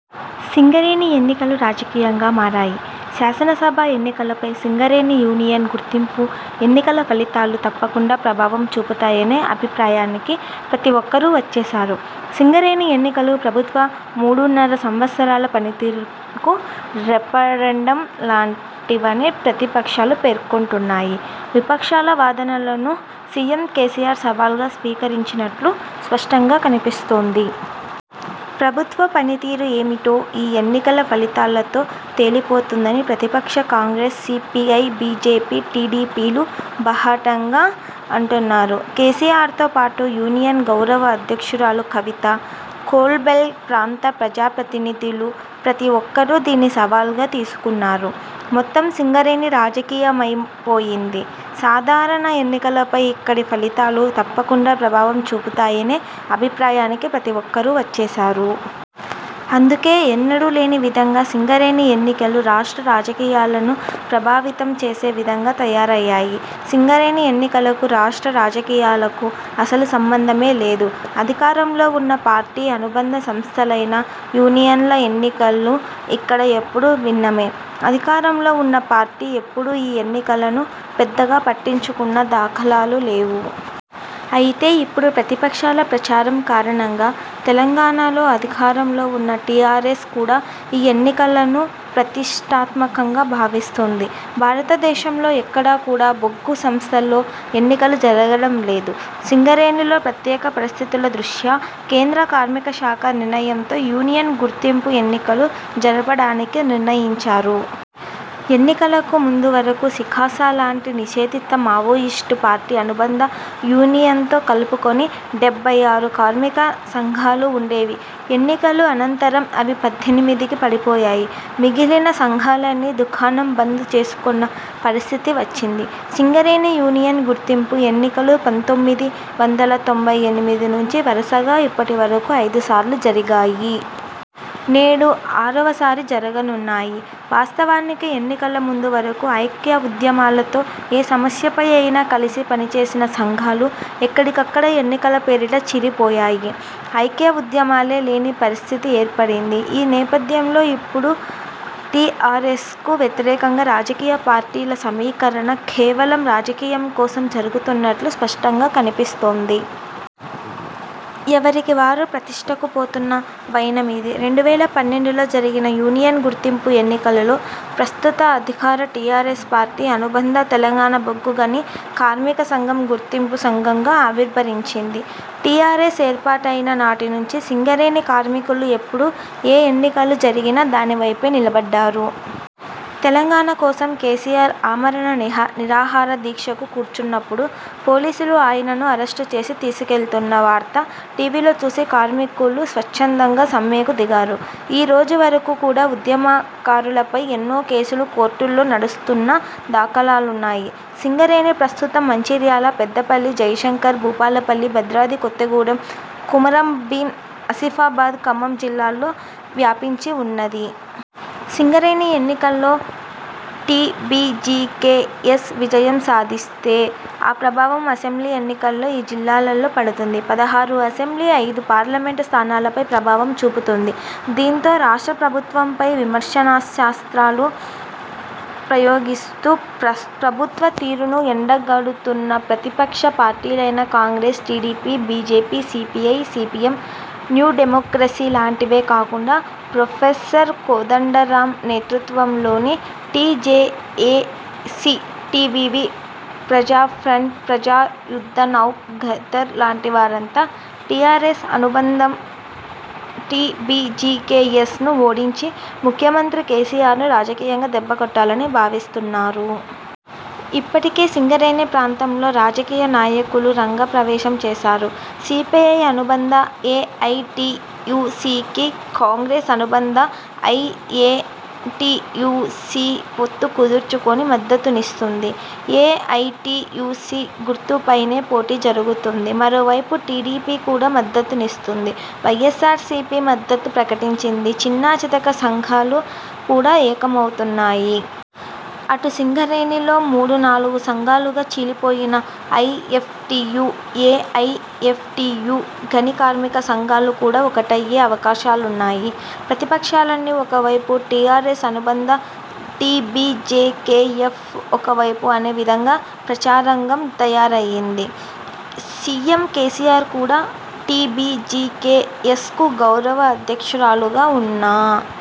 సింగరేణి ఎన్నికలు రాజకీయంగా మారాయి. శాసనసభా ఎన్నికలపై సింగరేణి యూనియన్ గుర్తింపు ఎన్నికల ఫలితాలు తప్పకుండా ప్రభావం చూపుతాయనే అభిప్రాయానికి ప్రతిఒక్కరూ వచ్చేశారు. సింగరేణి ఎన్నికలు ప్రభుత్వ మూడున్నర సంవత్సరాల పనితీరుకు రెఫరెండం లాంటివని ప్రతిపక్షాలు పేర్కొంటున్నాయి. విపక్షాల వాదనలను సీఎం కేసీఆర్ సవాల్‌గా స్వీకరించినట్లు స్పష్టంగా కనిపిస్తోంది. ప్రభుత్వ పనితీరు ఏమిటో ఈ ఎన్నికల ఫలితాలతో తేలిపోతుందని ప్రతిపక్ష కాంగ్రెస్, సీపీఐ, బీజేపీ, టీడీపీలు బాహాటంగా అంటున్నారు. కేసీఆర్‌తో పాటు యూనియన్ గౌరవ అధ్యక్షురాలు కవిత, కోల్‌బెల్ట్ ప్రాంత ప్రజాప్రతినిధులు ప్రతీ ఒక్కరూ దీన్ని సవాల్‌గా తీసుకున్నారు. మొత్తం సింగరేణి రాజకీయమయమైపోయింది. సాధారణ ఎన్నికలపై ఇక్కడి ఫలితాలు తప్పకుండా ప్రభావం చూపుతాయనే అభిప్రాయానికి ప్రతి ఒక్కరూ వచ్చేశారు. అందుకే ఎన్నడూ లేని విధంగా సింగరేణి ఎన్నికలు రాష్ట్ర రాజకీయాలను ప్రభావితం చేసే విధంగా తయారయ్యాయి. సింగరేణి ఎన్నికలకు రాష్ట్ర రాజకీయాలకు అసలు సంబంధమే లేదు. అధికారంలో ఉన్న పార్టీ అనుబంధ సంస్థలైన యూనియన్ల ఎన్నికలు ఇక్కడ ఎప్పుడూ భిన్నమే. అధికారంలో ఉన్న పార్టీ ఎప్పుడూ ఈ ఎన్నికలను పెద్దగా పట్టించుకున్న దాఖలాలు లేవు. అయితే ఇప్పుడు ప్రతిపక్షాల ప్రచారం కారణంగా తెలంగాణలో అధికారంలో ఉన్న టీఆర్ఎస్ కూడా ఈ ఎన్నికలను ప్రతిష్ఠాత్మకంగా భావిస్తోంది. భారతదేశంలో ఎక్కడా కూడా బొగ్గు సంస్థలలో ఎన్నికలు జరగడం లేదు. సింగరేణిలో ప్రత్యేక పరిస్థితుల దృష్ట్యా కేంద్ర కార్మిక శాఖ నిర్ణయంతో యూనియన్ గుర్తింపు ఎన్నికలు జరపడానికి నిర్ణయించారు. ఎన్నికలకు ముందు వరకు సికాస లాంటి నిషేధిత మావోయిస్టు పార్టీ అనుబంధ యూనియన్‌తో కలుపుకుని డెబ్బై ఆరు కార్మిక సంఘాలు ఉండేవి. ఎన్నికల అనంతరం అవి పద్దెనిమిదికి పడిపోయాయి. మిగిలిన సంఘాలన్నీ దుకాణం బంద్ చేసుకున్న పరిస్థితి వచ్చింది. సింగరేణి యూనియన్ గుర్తింపు ఎన్నికలు పంతొమ్మిది వందల తొంభై ఎనిమిది నుంచి వరుసగా ఇప్పటి వరకు ఐదుసార్లు జరిగాయి. నేడు ఆరవసారి జరుగనున్నాయి. వాస్తవానికి ఎన్నికల ముందు వరకు ఐక్య ఉద్యమాలతో ఏ సమస్యపై అయినా కలిసి పనిచేసిన సంఘాలు ఎక్కడికక్కడ ఎన్నికల పేరిట చీలిపోయాయి. ఐక్య ఉద్యమాలే లేని పరిస్థితి ఏర్పడింది. ఈ నేపథ్యంలో ఇప్పుడు టీఆర్ఎస్‌కు వ్యతిరేకంగా రాజకీయ పార్టీల సమీకరణ కేవలం రాజకీయం కోసం జరుగుతున్నట్లు స్పష్టంగా కనిపిస్తోంది. ఎవరికి వారు ప్రతిష్ఠకు పోతున్న వైనమిది. రెండు వేల పన్నెండులో జరిగిన యూనియన్ గుర్తింపు ఎన్నికలలో ప్రస్తుత అధికార టీఆర్ఎస్ పార్టీ అనుబంధ తెలంగాణ బొగ్గుగని కార్మిక సంఘం గుర్తింపు సంఘంగా ఆవిర్భవించింది. టీఆర్ఎస్ ఏర్పాటయిన నాటి నుంచి సింగరేణి కార్మికులు ఎప్పుడు ఏ ఎన్నికలు జరిగినా దానివైపే నిలబడ్డారు. తెలంగాణ కోసం కేసీఆర్ ఆమరణ నిరాహార దీక్షకు కూర్చున్నపుడు పోలీసులు ఆయనను అరెస్టు చేసి తీసుకెళ్తున్న వార్త టీవీలో చూసి కార్మికులు స్వచ్ఛందంగా సమ్మెకు దిగారు. ఈరోజు వరకు కూడా ఉద్యమకారులపై ఎన్నో కేసులు కోర్టుల్లో నడుస్తున్న దాఖలాలున్నాయి. సింగరేణి ప్రస్తుతం మంచిర్యాల, పెద్దపల్లి, జయశంకర్ భూపాలపల్లి, భద్రాద్రి కొత్తగూడెం, కుమ్రం భీం ఆసిఫాబాద్, ఖమ్మం జిల్లాల్లో వ్యాపించి ఉన్నది. సింగరేణి ఎన్నికల్లో టీబీజీకేఎస్ విజయం సాధిస్తే ఆ ప్రభావం అసెంబ్లీ ఎన్నికల్లో ఈ జిల్లాలలో పడుతుంది. పదహారు అసెంబ్లీ, ఐదు పార్లమెంట్ స్థానాలపై ప్రభావం చూపుతుంది. దీంతో రాష్ట్ర ప్రభుత్వంపై విమర్శనాస్త్రాలు ప్రయోగిస్తూ ప్రభుత్వ తీరును ఎండగడుతున్న ప్రతిపక్ష పార్టీలైన Congress, TDP, BJP, CPI, CPM, New Democracy లాంటివే కాకుండా ప్రొఫెసర్ కోదండరాం నేతృత్వంలోని టీజేఏసీ, టీవీవీ, ప్రజాఫ్రంట్, ప్రజాయుద్ధనౌక గద్దర్ లాంటి వారంతా టీఆర్ఎస్ అనుబంధ టీబీజీకేఎస్‌ను ఓడించి ముఖ్యమంత్రి కేసీఆర్‌ను రాజకీయంగా దెబ్బకొట్టాలని భావిస్తున్నారు. ఇప్పటికే సింగరేణి ప్రాంతంలో రాజకీయ నాయకులు రంగ ప్రవేశం చేశారు. సీపీఐ అనుబంధ ఏఐటీయూసీకి, కాంగ్రెస్ అనుబంధ ఐఎన్టీయూసీ పొత్తు కుదుర్చుకుని మద్దతునిస్తుంది. ఏఐటీయూసీ గుర్తుపైనే పోటీ జరుగుతోంది. మరోవైపు టీడీపీ కూడా మద్దతునిస్తోంది. వైఎస్సార్సీపీ మద్దతు ప్రకటించింది. చిన్నా చితకా సంఘాలు కూడా ఏకమవుతున్నాయి. అటు సింగరేణిలో మూడు, నాలుగు సంఘాలుగా చీలిపోయిన ఐఎఫ్టీయూ, ఏఐఎఫ్టీయూ, గని కార్మిక సంఘాలు కూడా ఒక్కటయ్యే అవకాశాలున్నాయి. ప్రతిపక్షాలన్నీ ఒకవైపు, టీఆర్ఎస్ అనుబంధ టీబీజీకేఎస్ ఒక వైపు అనే విధంగా ప్రచారరంగం తయారయ్యింది. సీఎం కేసీఆర్ కూడా టీబీజీకేఎస్‌కు గౌరవ అధ్యక్షురాలుగా ఉన్న